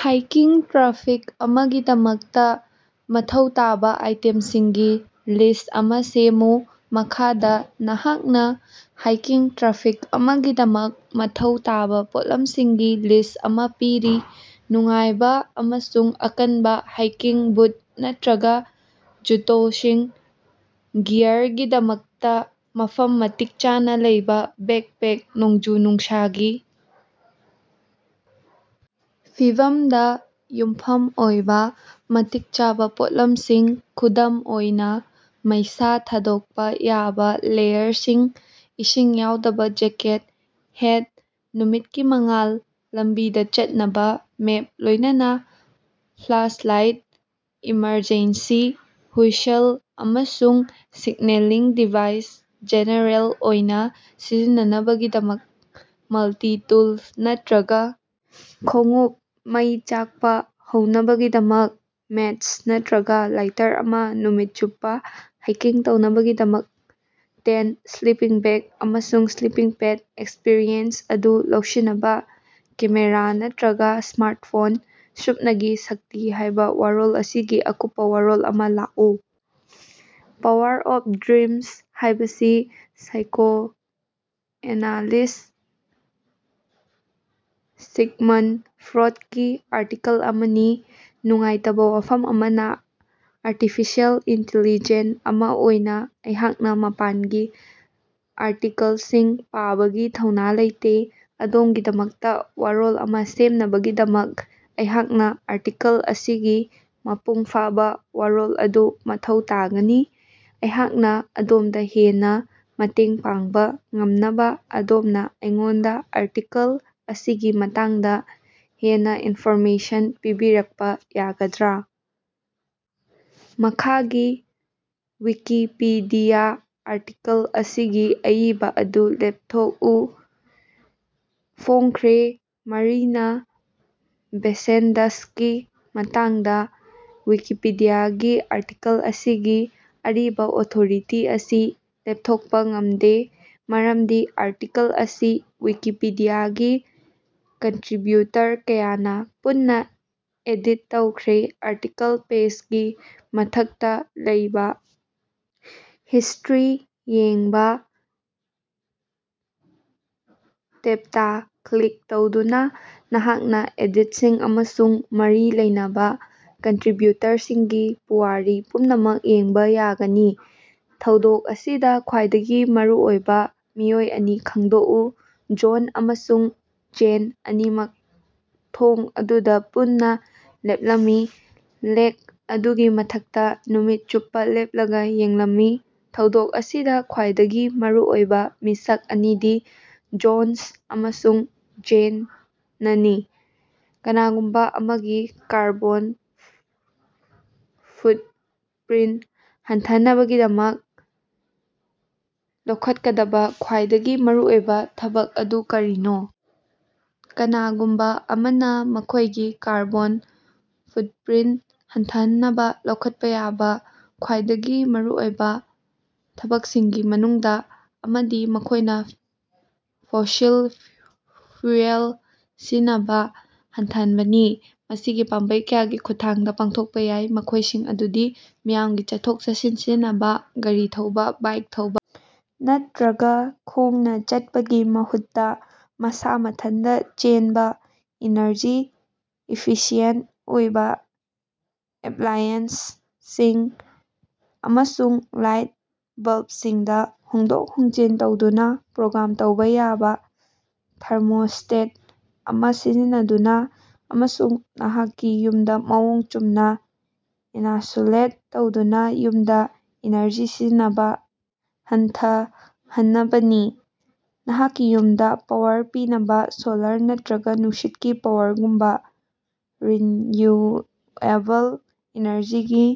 ꯍꯥꯏꯀꯤꯡ traffic ꯑꯃꯒꯤꯗꯃꯛꯇ ꯃꯊꯧ ꯇꯥꯕ ꯑꯥꯏꯇꯦꯝꯁꯤꯡꯒꯤ ꯂꯤꯁ꯭ꯠ ꯑꯃ ꯁꯦꯝꯃꯨ꯫ ꯃꯈꯥꯗ ꯅꯍꯥꯛꯅ ꯍꯥꯏꯀꯤꯡ ꯇ꯭ꯔꯥꯐꯤꯛ ꯑꯃꯒꯤꯗꯃꯛ ꯃꯊꯧ ꯇꯥꯕ ꯄꯣꯠꯂꯝꯁꯤꯡꯒꯤ ꯂꯤꯁ꯭ꯠ ꯑꯃ ꯄꯤꯔꯤ꯫ꯅꯨꯡꯉꯥꯏꯕ ꯑꯃꯁꯨꯡ ꯑꯀꯟꯕ ꯍꯥꯏꯀꯤꯡ ꯕꯨꯠ ꯅꯠꯇꯔꯒ ꯖꯨꯇꯣꯁꯤꯡ ꯒꯤꯌꯥꯔꯒꯤꯗꯃꯛꯇ ꯃꯐꯝ ꯃꯇꯤꯛ ꯆꯥꯅ ꯂꯩꯕ ꯕꯦꯛꯄꯦꯛ ꯅꯣꯡꯖꯨ-ꯅꯨꯡꯁꯥꯒꯤ ꯐꯤꯚꯝꯗ ꯌꯨꯝꯐꯝ ꯑꯣꯏꯕ ꯃꯇꯤꯛ ꯆꯥꯕ ꯄꯣꯠꯂꯝꯁꯤꯡ ꯈꯨꯗꯝ ꯑꯣꯏꯅ ꯃꯩꯁꯥ ꯊꯥꯗꯣꯛꯄ ꯌꯥꯕ ꯂꯦꯌꯔꯁꯤꯡ, ꯏꯁꯤꯡ ꯌꯥꯎꯗꯕ ꯖꯦꯀꯦꯠ, ꯍꯦꯠ, ꯅꯨꯃꯤꯠꯀꯤ ꯃꯉꯥꯜ ꯂꯝꯕꯤꯗ ꯆꯠꯅꯕ ꯃꯦꯞ ꯂꯣꯏꯅꯅ ꯐ꯭ꯂꯥꯁꯂꯥꯏꯠ ꯏꯃꯔꯖꯦꯟꯁꯤ ꯍꯨꯏꯁꯜ ꯑꯃꯁꯨꯡ ꯁꯤꯒꯅꯦꯂꯤꯡ ꯗꯤꯚꯥꯏꯁ ꯖꯦꯅꯦꯔꯦꯜ ꯑꯣꯏꯅ ꯁꯤꯖꯤꯟꯅꯅꯕꯒꯤꯗꯃꯛ ꯃꯜꯇꯤ-ꯇꯨꯜ ꯅꯠꯇꯔꯒ ꯈꯣꯡꯎꯞ ꯃꯩ ꯆꯥꯛꯄ ꯍꯧꯅꯕꯒꯤꯗꯃꯛ ꯃꯦꯆ ꯅꯠꯇꯔꯒ ꯂꯥꯏꯇꯔ ꯑꯃ ꯅꯨꯃꯤꯠ ꯆꯨꯞꯄ ꯍꯥꯏꯀꯤꯡ ꯇꯧꯅꯕꯒꯤꯗꯃꯛ ꯇꯦꯟꯇ, ꯁ꯭ꯂꯤꯄꯤꯡ ꯕꯦꯒ ꯑꯃꯁꯨꯡ ꯁ꯭ꯂꯤꯄꯤꯡ ꯄꯦꯗ ꯑꯦꯛꯁꯄꯤꯔꯤꯑꯦꯟꯁ ꯑꯗꯨ ꯂꯧꯁꯤꯟꯅꯕ ꯀꯦꯃꯦꯔ ꯅꯠꯇꯔꯒ ꯁ꯭ꯃꯥꯔꯇꯐꯣꯟ꯫ ꯁꯨꯞꯅꯒꯤ ꯁꯛꯇꯤ ꯍꯥꯏꯕ ꯋꯥꯔꯣꯜ ꯑꯁꯤꯒꯤ ꯑꯀꯨꯞꯄ ꯋꯥꯔꯣꯜ ꯑꯃ ꯂꯥꯛꯎ꯫ ꯄꯥꯋꯔ ꯑꯣꯐ ꯗ꯭ꯔꯤꯃꯁ ꯍꯥꯏꯕꯁꯤ ꯁꯥꯏꯀꯣꯑꯦꯅꯂꯤꯁ꯭ꯠ, ꯁꯤꯒꯃꯟꯗ ꯐ꯭ꯔꯣꯗꯀꯤ ꯑꯥꯔꯇꯤꯀꯜ ꯑꯃꯅꯤ꯫ ꯅꯨꯡꯉꯥꯏꯇꯕꯥ ꯋꯥꯐꯝ ꯑꯃꯅ ꯑꯔꯇꯤꯐꯤꯁꯦꯜ ꯏꯟꯇꯤꯂꯤꯖꯦꯟ ꯑꯃ ꯑꯣꯏꯅ ꯑꯩꯍꯥꯛꯅ ꯃꯄꯥꯟꯒꯤ ꯑꯥꯔꯇꯤꯀꯜꯁꯤꯡ ꯄꯥꯕꯒꯤ ꯊꯧꯅ ꯂꯩꯇꯦ꯫ ꯑꯗꯣꯝꯒꯤꯗꯃꯛꯇ ꯋꯥꯔꯣꯜ ꯑꯃ ꯁꯦꯝꯅꯕꯒꯤꯗꯃꯛ ꯑꯩꯍꯥꯛꯅ ꯑꯥꯔꯇꯤꯀꯜ ꯑꯁꯤꯒꯤ ꯃꯄꯨꯡ ꯐꯥꯕ ꯋꯥꯔꯣꯜ ꯑꯗꯨ ꯃꯊꯧ ꯇꯥꯒꯅꯤ꯫ ꯑꯩꯍꯥꯛꯅ ꯑꯗꯣꯝꯗ ꯍꯦꯟꯅ ꯃꯇꯦꯡ ꯄꯥꯡꯕ ꯉꯝꯅꯕꯥ ꯑꯗꯣꯝꯅ ꯑꯩꯉꯣꯟꯗ ꯑꯥꯔꯇꯤꯀꯜ ꯑꯁꯤꯒꯤ ꯃꯇꯥꯡꯗ ꯍꯦꯟꯅ ꯏꯟꯐꯣꯔꯃꯦꯁꯟ ꯄꯤꯕꯤꯔꯛꯄ ꯌꯥꯒꯗ꯭ꯔꯥ? ꯃꯈꯥꯒꯤ ꯋꯤꯀꯤꯄꯤꯗꯤꯌꯥ ꯑꯥꯔꯇꯤꯀꯜ ꯑꯁꯤꯒꯤ ꯑꯏꯕ ꯑꯗꯨ ꯂꯦꯞꯊꯣꯛꯎ꯫ ꯐꯣꯡꯈ꯭ꯔꯦ ꯃꯔꯤꯅꯥ ꯕꯦ ꯁꯦꯟꯗꯁꯀꯤ ꯃꯇꯥꯡꯗ ꯋꯤꯀꯤꯄꯤꯗꯤꯌꯥꯒꯤ ꯑꯥꯔꯇꯤꯀꯜ ꯑꯁꯤꯒꯤ ꯑꯔꯤꯕ ꯑꯣꯊꯣꯔꯤꯇꯤ ꯑꯁꯤ ꯂꯦꯞꯊꯣꯛꯄ ꯉꯝꯗꯦ, ꯃꯔꯝꯗꯤ ꯑꯥꯔꯇꯤꯀꯜ ꯑꯁꯤ ꯋꯤꯀꯤꯄꯤꯗꯤꯌꯥꯒꯤ ꯀꯟꯇꯔꯤꯕ꯭ꯌꯨꯇꯔ ꯀꯌꯥꯅꯥ ꯄꯨꯟꯅꯥ ꯑꯦꯗꯤꯠ ꯇꯧꯈ꯭ꯔꯦ꯫ ꯑꯥꯔꯇꯤꯀꯜ ꯄꯦꯖꯒꯤ ꯃꯊꯛꯇꯥ ꯂꯩꯕꯥ "ꯍꯤꯁ꯭ꯇꯔꯤ ꯌꯦꯡꯕꯥ" ꯇꯦꯕꯇꯥ ꯀ꯭ꯂꯤꯛ ꯇꯧꯗꯨꯅ ꯅꯍꯥꯛꯅ ꯑꯦꯗꯤꯠꯁꯤꯡ ꯑꯃꯁꯨꯡ ꯃꯔꯤ ꯂꯩꯅꯕ ꯀꯟꯇꯔꯤꯕ꯭ꯌꯨꯇꯔꯁꯤꯡꯒꯤ ꯄꯨꯋꯥꯔꯤ ꯄꯨꯝꯅꯃꯛ ꯌꯦꯡꯕꯥ ꯌꯥꯒꯅꯤ꯫ ꯊꯧꯗꯣꯛ ꯑꯁꯤꯗ ꯈ꯭ꯋꯥꯏꯗꯒꯤ ꯃꯔꯨꯑꯣꯏꯕ ꯃꯤꯑꯣꯏ ꯑꯅꯤ ꯈꯪꯗꯣꯛꯎ꯫ ꯖꯣꯟ ꯑꯃꯁꯨꯡ ꯖꯦꯟ ꯑꯅꯤꯃꯛ ꯊꯣꯡ ꯑꯗꯨꯗ ꯄꯨꯟꯅ ꯂꯦꯞꯂꯝꯃꯤ, ꯂꯦꯛ ꯑꯗꯨꯒꯤ ꯃꯊꯛꯇ ꯅꯨꯃꯤꯠ ꯆꯨꯞꯄ ꯂꯦꯞꯂꯒ ꯌꯦꯡꯂꯝꯃꯤ꯫ ꯊꯧꯗꯣꯛ ꯑꯁꯤꯗ ꯈ꯭ꯋꯥꯏꯗꯒꯤ ꯃꯔꯨ ꯑꯣꯏꯕ ꯃꯤꯁꯛ ꯑꯅꯤꯗꯤ ꯖꯣꯟꯁ ꯑꯃꯁꯨꯡ ꯖꯦꯅꯅꯤ꯫ ꯀꯅꯥꯒꯨꯝꯕ ꯑꯃꯒꯤ ꯀꯥꯔꯕꯣꯟ ꯐꯨꯠꯄꯔꯤꯟꯇ ꯍꯟꯊꯍꯟꯅꯕꯒꯤꯗꯃꯛ ꯂꯧꯈꯠꯀꯗꯕ ꯈ꯭ꯌꯥꯏꯗꯒꯤ ꯃꯔꯨꯑꯣꯏꯕ ꯊꯕꯛ ꯑꯗꯨ ꯀꯔꯤꯅꯣ? ꯀꯅꯥꯒꯨꯝꯕ ꯑꯃꯅ ꯃꯈꯣꯏꯒꯤ ꯀꯥꯔꯕꯣꯟ ꯐꯨꯠꯞꯔꯤꯟꯇ ꯍꯟꯊꯍꯟꯅꯕ ꯂꯧꯈꯠꯄ ꯌꯥꯕ ꯈ꯭ꯋꯥꯏꯗꯒꯤ ꯃꯔꯨꯑꯣꯏꯕ ꯊꯕꯛꯁꯤꯡꯒꯤ ꯃꯅꯨꯡꯗ ꯑꯃꯗꯤ ꯃꯈꯣꯏꯅ ꯐꯣꯁꯤꯜ ꯐ꯭ꯌꯨꯑꯦꯜ ꯁꯤꯖꯤꯟꯅꯕ ꯍꯟꯊꯍꯟꯕꯅꯤ꯫ ꯃꯁꯤ ꯄꯥꯝꯕꯩ ꯀꯌꯥꯒꯤ ꯈꯨꯠꯊꯥꯡꯗ ꯄꯥꯡꯊꯣꯛꯄ ꯌꯥꯏ, ꯃꯈꯣꯏꯁꯤꯡ ꯑꯗꯨꯗꯤ: ꯃꯤꯌꯥꯝꯒꯤ ꯆꯠꯊꯣꯛ-ꯆꯠꯁꯤꯟ ꯁꯤꯖꯤꯟꯅꯕꯥ, ꯒꯥꯔꯤ ꯊꯧꯕ, ꯕꯥꯏꯛ ꯊꯧꯕ, ꯅꯠꯇꯔꯒ ꯈꯣꯡꯅ ꯆꯠꯄꯒꯤ ꯃꯍꯨꯠꯇ ꯃꯁꯥ ꯃꯊꯟꯇ ꯆꯦꯟꯕꯥ꯫ ꯏꯅꯔꯖꯤ ꯏꯐꯤꯁꯤꯌꯦꯟꯇ ꯑꯣꯏꯕ ꯑꯦꯞꯂꯥꯏꯑꯦꯟꯁꯁꯤꯡ ꯑꯃꯁꯨꯡ ꯂꯥꯏꯠ ꯕꯜꯕꯁꯤꯡꯗ ꯍꯣꯡꯗꯣꯛ ꯍꯣꯡꯖꯤꯟ ꯇꯧꯗꯨꯅ ꯄ꯭ꯔꯣꯒ꯭ꯔꯥꯝ ꯇꯧꯕ ꯌꯥꯕ ꯊꯥꯔꯃꯣꯁ꯭ꯇꯦꯠ ꯑꯃ ꯁꯤꯖꯤꯟꯅꯗꯨꯅ ꯑꯃꯁꯨꯡ ꯅꯍꯥꯛꯀꯤ ꯌꯨꯝꯗ ꯃꯑꯣꯡ ꯆꯨꯝꯅ ꯏꯅꯁꯨꯂꯦꯠ ꯇꯧꯗꯨꯅ ꯌꯨꯝꯗ ꯏꯅꯔꯖꯤ ꯁꯤꯖꯤꯟꯅꯕ ꯍꯟꯊꯍꯅꯕꯅꯤ꯫ ꯅꯍꯥꯛꯀꯤ ꯌꯨꯝꯗ ꯄꯥꯋꯔ ꯄꯤꯅꯕ ꯁꯣꯂꯥꯔ ꯅꯠꯇꯔꯒ ꯅꯨꯡꯁꯤꯠꯀꯤ ꯄꯥꯋꯔꯒꯨꯝꯕ ꯔꯤꯟꯌꯨꯑꯦꯕꯜ ꯏꯅꯔꯖꯤꯒꯤ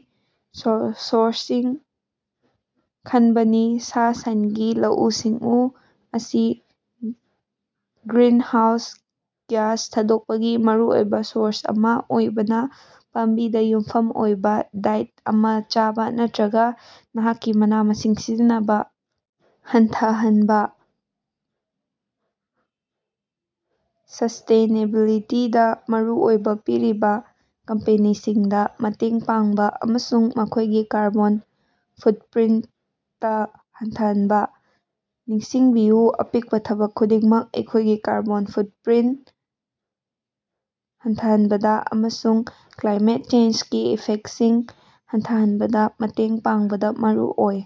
ꯁꯣꯔꯁꯁꯤꯡ ꯈꯟꯕꯅꯤ꯫ ꯁꯥ-ꯁꯟꯒꯤ ꯂꯧꯎ-ꯁꯤꯡꯎ ꯑꯁꯤ ꯒ꯭ꯔꯤꯅꯍꯥꯎꯁ ꯒ꯭ꯌꯥꯁ ꯊꯥꯗꯣꯛꯄꯒꯤ ꯃꯔꯨꯑꯣꯏꯕ ꯁꯣꯔꯁ ꯑꯃ ꯑꯣꯏꯕꯅ ꯄꯥꯝꯕꯤꯗ ꯌꯨꯝꯐꯝ ꯑꯣꯏꯕ ꯗꯥꯏꯠ ꯑꯃ ꯆꯥꯕ ꯅꯠꯇꯔꯒ ꯅꯍꯥꯛꯀꯤ ꯃꯅꯥ-ꯃꯁꯤꯡ ꯁꯤꯖꯤꯟꯅꯕ ꯍꯟꯊꯍꯟꯕꯥ꯫ ꯁꯁ꯭ꯇꯦꯅꯦꯕꯤꯂꯤꯇꯤꯗꯥ ꯃꯔꯨ ꯑꯣꯏꯕ ꯄꯤꯔꯤꯕ ꯀꯝꯄꯦꯅꯤꯁꯤꯡꯗ ꯃꯇꯦꯡ ꯄꯥꯡꯕ ꯑꯃꯁꯨꯡ ꯃꯈꯣꯏꯒꯤ ꯀꯥꯔꯕꯣꯟ ꯐꯨꯠꯄꯔꯤꯟꯇ ꯍꯟꯊꯍꯟꯕ꯫ ꯅꯤꯡꯁꯤꯡꯕꯤꯌꯨ ꯑꯄꯤꯛꯄ ꯊꯕꯛ ꯈꯨꯗꯤꯡꯃꯛ ꯑꯩꯈꯣꯏꯒꯤ ꯀꯥꯔꯕꯣꯟ ꯐꯨꯠꯄꯔꯤꯟꯇ ꯍꯟꯊꯍꯟꯕꯗ ꯑꯃꯁꯨꯡ ꯀ꯭ꯂꯥꯏꯃꯦꯠ ꯆꯦꯟꯖꯒꯤ ꯏꯐꯦꯛꯇꯁꯤꯡ ꯍꯟꯊꯍꯟꯕꯗ ꯃꯇꯦꯡ ꯄꯥꯡꯕꯗ ꯃꯔꯨ ꯑꯣꯏ꯫